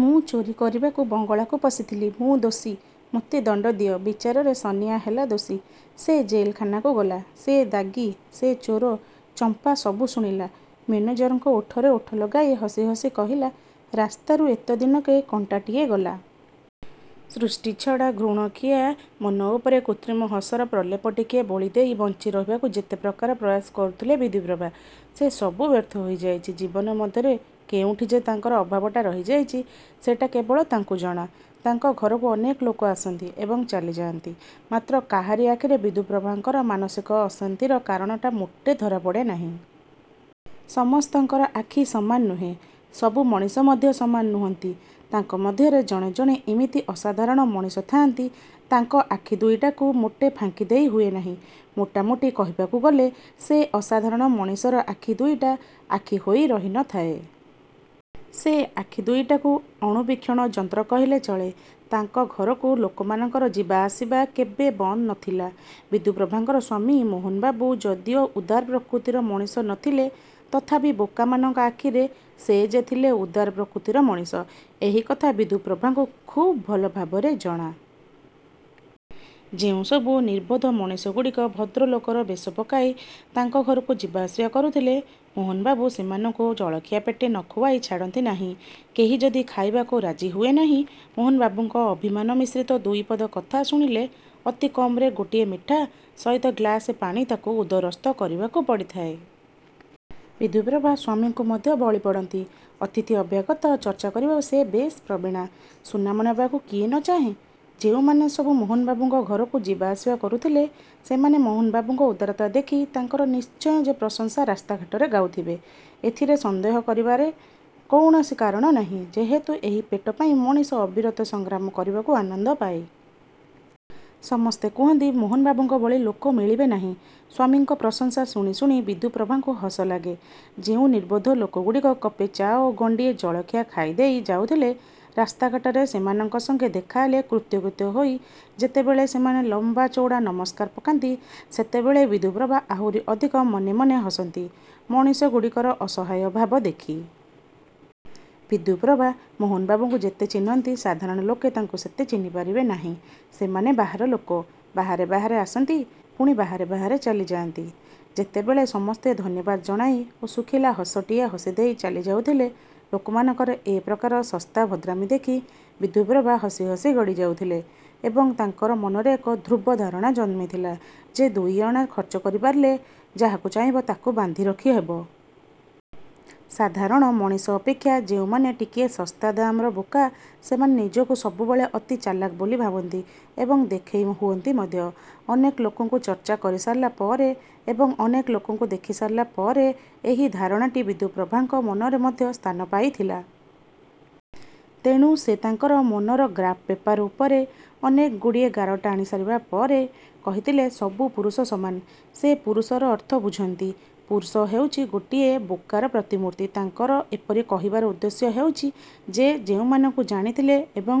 ମୁଁ ଚୋରୀ କରିବାକୁ ବଙ୍ଗଳାକୁ ପଶିଥିଲି। ମୁଁ ଦୋଷୀ। ମୋତେ ଦଣ୍ଡ ଦିଅ। '' ବିଚାରରେ ସନିଆ ହେଲା ଦୋଷୀ। ସେ ଜେଲଖାନାକୁ ଗଲା। ସେ ଦାଗୀ, ସେ ଚୋର। ଚମ୍ପା ସବୁ ଶୁଣିଲା। ମେନେଜରଙ୍କ ଓଠରେ ଓଠ ଲଗାଇ ହସି ହସି କହିଲା, ''ରାସ୍ତାରୁ ଏତେ ଦିନକେ କଣ୍ଟାଟାଏ ଗଲା। '' ସୃଷ୍ଟି ଛଡ଼ା ଘୁଣଖିଆ ମନ ଉପରେ କୃତ୍ରିମ ହସର ପ୍ରଲେପ ଟିକିଏ ବୋଳିଦେଇ ବଞ୍ଚିରହିବାକୁ ଯେତେ ପ୍ରକାର ପ୍ରୟାସ କରୁଥିଲେ ବିଦ୍ୟୁପ୍ରଭା ସେ ସବୁ ବ୍ୟର୍ଥ ହୋଇଯାଇଛି। ଜୀବନ ମଧ୍ୟରେ କେଉଁଠି ଯେ ତାଙ୍କର ଅଭାବଟା ରହିଯାଇଛି ସେଟା କେବଳ ତାଙ୍କୁ ଜଣା। ତାଙ୍କ ଘରକୁ ଅନେକ ଲୋକ ଆସନ୍ତି ଏବଂ ଚାଲିଯାଆନ୍ତି, ମାତ୍ର କାହାରି ଆଖିରେ ବିଦ୍ୟୁପ୍ରଭାଙ୍କର ମାନସିକ ଅଶାନ୍ତିର କାରଣଟା ମୋଟେ ଧରାପଡ଼େ ନାହିଁ। ସମସ୍ତଙ୍କର ଆଖି ସମାନ ନୁହେଁ। ସବୁ ମଣିଷ ମଧ୍ୟ ସମାନ ନୁହଁନ୍ତି। ତାଙ୍କ ମଧ୍ୟରେ ଜଣେ ଜଣେ ଏମିତି ଅସାଧାରଣ ମଣିଷ ଥାଆନ୍ତି ତାଙ୍କ ଆଖି ଦୁଇଟାକୁ ମୋଟେ ଫାଙ୍କିଦେଇ ହୁଏ ନାହିଁ। ମୋଟାମୋଟି କହିବାକୁ ଗଲେ। ସେ ଅସାଧାରଣ ମଣିଷର ଆଖି ଦୁଇଟା ଆଖି ହୋଇ ରହିନଥାଏ-। ସେ ଆଖି ଦୁଇଟାକୁ ଅଣୁବୀକ୍ଷଣଯନ୍ତ୍ର କହିଲେ ଚଳେ। ତାଙ୍କ ଘରକୁ ଲୋକଙ୍କର ଯିବାଆସିବା କେବେ ବନ୍ଦ ନ ଥିଲା। ବିଦ୍ୟୁପ୍ରଭାଙ୍କର ସ୍ୱାମୀ ମୋହନବାବୁ ଯଦିଓ ଉଦାର ପ୍ରକୃତିର ମଣିଷ ନ ଥିଲେ ତଥାପି ବୋକାମାନଙ୍କ ଆଖିରେ ସେ ଯେ ଥିଲେ ଉଦାର ପ୍ରକୃତିର ମଣିଷ ଏହି କଥା ବିଦ୍ୟୁପ୍ରଭାଙ୍କୁ ଖୁବ୍ ଭଲ ଭାବରେ ଜଣା। ଯେଉଁସବୁ ନିର୍ବୋଧ ମଣିଷଗୁଡ଼ିକ ଭଦ୍ରଲୋକର ବେଶ ପକାଇ ତାଙ୍କ ଘରକୁ ଯିବାଆସିବା କରୁଥିଲେ ମୋହନବାବୁ ସେମାନଙ୍କୁ ଜଳଖିଆ ପେଟେ ନ ଖୁଆଇ ଛାଡ଼ନ୍ତି ନାହିଁ। କେହି ଯଦି ଖାଇବାକୁ ରାଜି ହୁଏ ନାହିଁ ମୋହନବାବୁଙ୍କ ଅଭିମାନ ମିଶ୍ରିତ ଦୁଇପଦ କଥା ଶୁଣିଲେ ଅତି କମରେ ଗୋଟିଏ ମିଠା ସହିତ ଗ୍ଲାସେ ପାଣି ତାକୁ ଉଦରସ୍ଥ କରିବାକୁ ପଡ଼ିଥାଏ। ବିଦ୍ୟୁପ୍ରଭା ସ୍ୱାମୀଙ୍କୁ ମଧ୍ୟ ବଳିପଡ଼ନ୍ତି। ଅତିଥି, ଅଭ୍ୟାଗତ ଚର୍ଚ୍ଚା କରିବାକୁ ସେ ବେଶ୍ ପ୍ରବୀଣା। ସୁନାମ ନେବାକୁ କିଏ ନ ଚାହେଁ? ଯେଉଁମାନେ ସବୁ ମୋହନବାବୁଙ୍କ ଘରକୁ ଯିବା ଆସିବା କରୁଥିଲେ ସେମାନେ ମୋହନବାବୁଙ୍କ ଉଦାରତା ଦେଖି ତାଙ୍କର ନିଶ୍ଚୟ ଯେ ପ୍ରଶଂସା ରାସ୍ତାଘାଟରେ ଗାଉଥିବେ ଏଥିରେ ସନ୍ଦେହ କରିବାରେ କୌଣସି କାରଣ ନାହିଁ, ଯେହେତୁ ଏହି ପେଟ ପାଇଁ ମଣିଷ ଅବିରତ ସଂଗ୍ରାମ କରିବାକୁ ଆନନ୍ଦ ପାଏ। ସମସ୍ତେ କହନ୍ତି ମୋହନବାବୁଙ୍କ ଭଳି ଲୋକ ମିଳିବେ ନାହିଁ। ସ୍ଵାମୀଙ୍କ ପ୍ରଶଂସା ଶୁଣି ଶୁଣି ବିଦ୍ୟୁପ୍ରଭାଙ୍କୁ ହସ ଲାଗେ। ଯେଉଁ ନିର୍ବୋଧ ଲୋକଗୁଡ଼ିକ କପେ ଚା' ଓ ଗଣ୍ଡିଏ ଜଳଖିଆ ଖାଇଦେଇ ଯାଉଥିଲେ ରାସ୍ତାଘାଟରେ ସେମାନଙ୍କ ସଙ୍ଗେ ଦେଖାହେଲେ କୃତ୍ୟକୃତ୍ୟ ହୋଇ ଯେତେବେଳେ ସେମାନେ ଲମ୍ବା ଚୌଡ଼ା ନମସ୍କାର ପକାନ୍ତି ସେତେବେଳେ ବିଦ୍ୟୁପ୍ରଭା ଆହୁରି ଅଧିକ ମନେମନେ ହସନ୍ତି ମଣିଷଗୁଡ଼ିକର ଅସହାୟଭାବ ଦେଖି। ବିଦ୍ୟୁପ୍ରଭା ମୋହନବାବୁଙ୍କୁ ଯେତେ ଚିହ୍ନନ୍ତି ସାଧାରଣ ଲୋକେ ତାଙ୍କୁ ସେତେ ଚିହ୍ନିପାରିବେ ନାହିଁ। ସେମାନେ ବାହାର ଲୋକ। ବାହାରେ ବାହାରେ ଆସନ୍ତି, ପୁଣି ବାହାରେ ବାହାରେ ଚାଲିଯାଆନ୍ତି। ଯେତେବେଳେ ସମସ୍ତେ ଧନ୍ୟବାଦ ଜଣାଇ ଓ ଶୁଖିଲା ହସଟିଏ ହସିଦେଇ ଚାଲିଯାଉଥିଲେ। ଲୋକମାନଙ୍କର ଏ ପ୍ରକାର ଶସ୍ତା ଭଦ୍ରାମି ଦେଖି ବିଦ୍ୟୁପ୍ରଭା ହସି ହସି ଗଡ଼ିଯାଉଥିଲେ ଏବଂ ତାଙ୍କର ମନରେ ଏକ ଧ୍ରୁବ ଧାରଣା ଜନ୍ମିଥିଲା ଯେ ଦୁଇଅଣା ଖର୍ଚ୍ଚ କରିପାରିଲେ ଯାହାକୁ ଚାହିଁବ ତାକୁ ବାନ୍ଧି ରଖିହେବ। ସାଧାରଣ ମଣିଷ ଅପେକ୍ଷା ଯେଉଁମାନେ ଟିକିଏ ଶସ୍ତା ଦାମର ବୋକା ସେମାନେ ନିଜକୁ ସବୁବେଳେ ଅତି ଚାଲାକ ବୋଲି ଭାବନ୍ତି ଏବଂ ଦେଖାଇ ହୁଅନ୍ତି ମଧ୍ୟ। ଅନେକ ଲୋକଙ୍କୁ ଚର୍ଚ୍ଚା କରିସାରିଲା ପରେ ଏବଂ ଅନେକ ଲୋକଙ୍କୁ ଦେଖିସାରିଲା ପରେ ଏହି ଧାରଣାଟି ବିଦ୍ୟୁପ୍ରଭାଙ୍କ ମନ ମଧ୍ୟରେ ସ୍ଥାନ ପାଇଥିଲା। ତେଣୁ ସେ ତାଙ୍କର ମନର ଗ୍ରାଫ୍ ପେପାର ଉପରେ ଅନେକଗୁଡ଼ିଏ ଗାର ଟାଣି ସାରିଲା ପରେ କହିଥିଲେ, ''ସବୁ ପୁରୁଷ ସମାନ। '' ସେ ପୁରୁଷର ଅର୍ଥ ବୁଝନ୍ତି। ପୁରୁଷ ହେଉଛି ଗୋଟାଏ ବୋକାର ପ୍ରତିମୂର୍ତ୍ତି। ତାଙ୍କର ଏପରି କହିବାର ଉଦ୍ଦେଶ୍ୟ ହେଉଛି ସେ ଯେଉଁମାନଙ୍କୁ ଜାଣିଥିଲେ ଏବଂ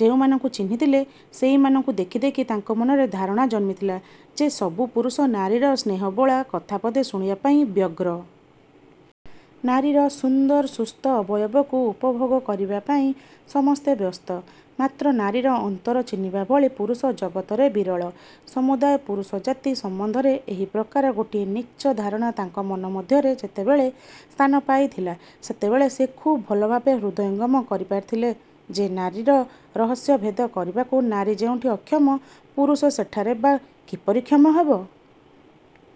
ଯେଉଁମାନଙ୍କୁ ଚିହ୍ନିଥିଲେ ସେହିମାନଙ୍କୁ ଦେଖି ଦେଖି ତାଙ୍କ ମନରେ ଧାରଣା ଜନ୍ମିଥିଲା ଯେ ସବୁ ପୁରୁଷ ନାରୀର ସ୍ନେହବୋଳା କଥାପଦେ ଶୁଣିବା ପାଇଁ ବ୍ୟଗ୍ର। ନାରୀର ସୁନ୍ଦର ସୁସ୍ଥ ଅବୟବକୁ ଉପଭୋଗ କରିବାପାଇଁ ସମସ୍ତେ ବ୍ୟସ୍ତ। ମାତ୍ର ନାରୀର ଅନ୍ତର ଚିହ୍ନିବା ଭଳି ପୁରୁଷ ଜଗତରେ ବିରଳ। ସମୁଦାୟ ପୁରୁଷ ଜାତି ସମ୍ବନ୍ଧରେ ଏହି ପ୍ରକାର ଗୋଟିଏ ନୀଚ ଧାରଣା ତାଙ୍କର ମନ ମଧ୍ୟରେ ଯେତେବେଳେ ସ୍ଥାନପାଇଥିଲା ସେତେବେଳେ ସେ ଖୁବ୍ ଭଲଭାବେ ହୃଦୟଙ୍ଗମ କରିପାରିଥିଲେ ଯେ ନାରୀର ରହସ୍ୟ ଭେଦ କରିବାକୁ ନାରୀ ଯେଉଁଠି ଅକ୍ଷମ ପୁରୁଷ ସେଠାରେ ବା କିପରି କ୍ଷମ ହେବ?